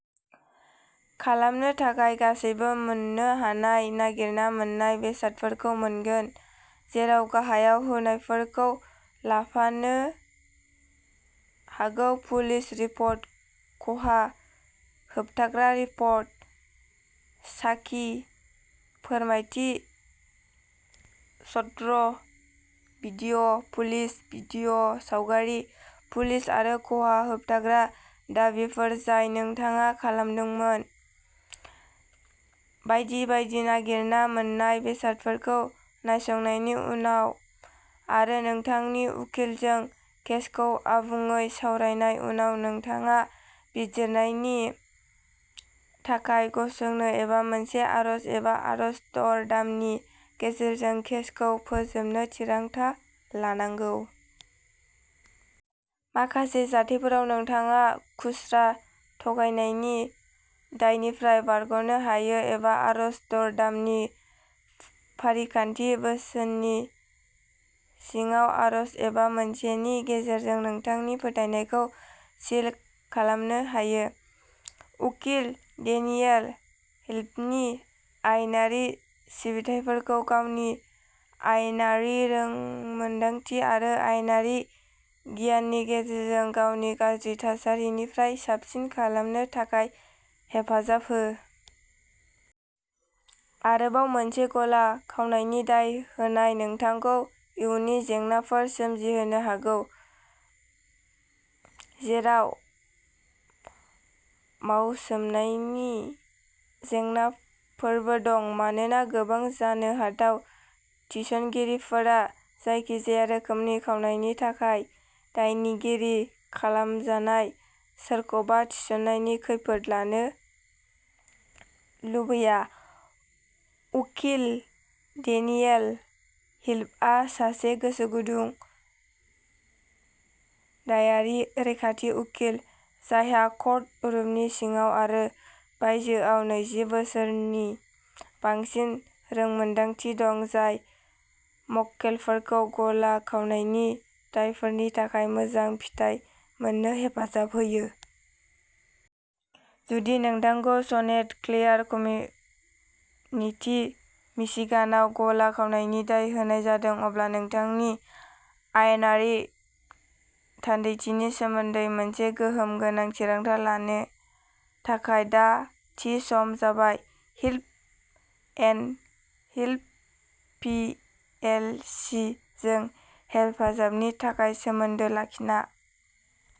खालामनो थाखाय गासैबो मोन्नो हानाय नागिरना मोन्नाय बेसादफोरखौ मोनगोन, जेराव गाहायाव होनायफोरखौ लाफानो हागौ पुलिस रिपर्ट, खहा होबथाग्रा रिपर्ट, साखि फोरमायथि, सट्र भिडिअ', पुलिस भिडिअ', सावगारि, पुलिस आरो खहा होबथाग्रा दाबिफोर जाय नोंथाङा खालामदोंमोन, बायदि बायदि नागिरना मोन्नाय बेसादफोरखौ नायसंनायनि उनाव आरो नोंथांनि उखिलजों केसखौ आबुङै सावरायनाय उनाव, नोंथाङा बिजिरनायनि थाखाय गसंनो एबा मोनसे आर'ज एबा आर'ज दर-दामनि गेजेरजों केसखौ फोजोबनो थिरांथा लानांगौ। माखासे जाथायफोराव नोंथाङा खुस्रा थगायनायनि दायनिफ्राय बारग'नो हायो एबा आर'ज दर-दामनि फारिखान्थि, बोसोननि सिङाव आर'ज, एबा मोनसे नि गेजेरजों नोंथांनि फोथायनायखौ सिल खालामनो हायो। उकिल डेनियेल हिल्फनि आयेनारि सिबिथाइफोरखौ गावनि आयेनारि रोंमोनदांथि आरो आयेनारि गियाननि गेजेरजों गावनि गाज्रि थासारिनिफ्राय साबसिन खालामनो थाखाय हेफाजाब हो। आरोबाव, मोनसे गला खावनायनि दाय होनाय नोंथांखौ इयुननि जेंनाफोर सोमजिहोनो हागौ, जेराव मावसोमनायनि जेंनाफोरबो दं, मानोना गोबां जानो हाथाव थिसनगिरिफोरा जायखिजाया रोखोमनि खावनायनि थाखाय दायनिगिरि खालामजानाय सोरखौबा थिसननायनि खैफोद लानो लुबैया। उकिल डेनियेल हिल्फआ सासे गोसोगुदुं दायारि रैखाथि उखिल, जायहा कर्ट रुमनि सिङाव आरो बायजोआव नैजि बोसोरनि बांसिन रोंमोनदांथि दं, जाय मक्केलफोरखौ गला खावनायनि दायफोरनि थाखाय मोजां फिथाय मोननो हेफाजाब होयो। जुदि नोंथांखौ सनेट क्लेयार कमेनिटि मिशिगानाव गला खावनायनि दाय होनाय जादों, अब्ला नोंथांनि आयेनारि थान्दैथिनि सोमोन्दै मोनसे गोहोम गोनां थिरांथा लानो थाखाय दा थि सम जाबाय Hilf and Hilf, P L C जों हेफाजाबनि थाखाय सोमोन्दो लाखिना।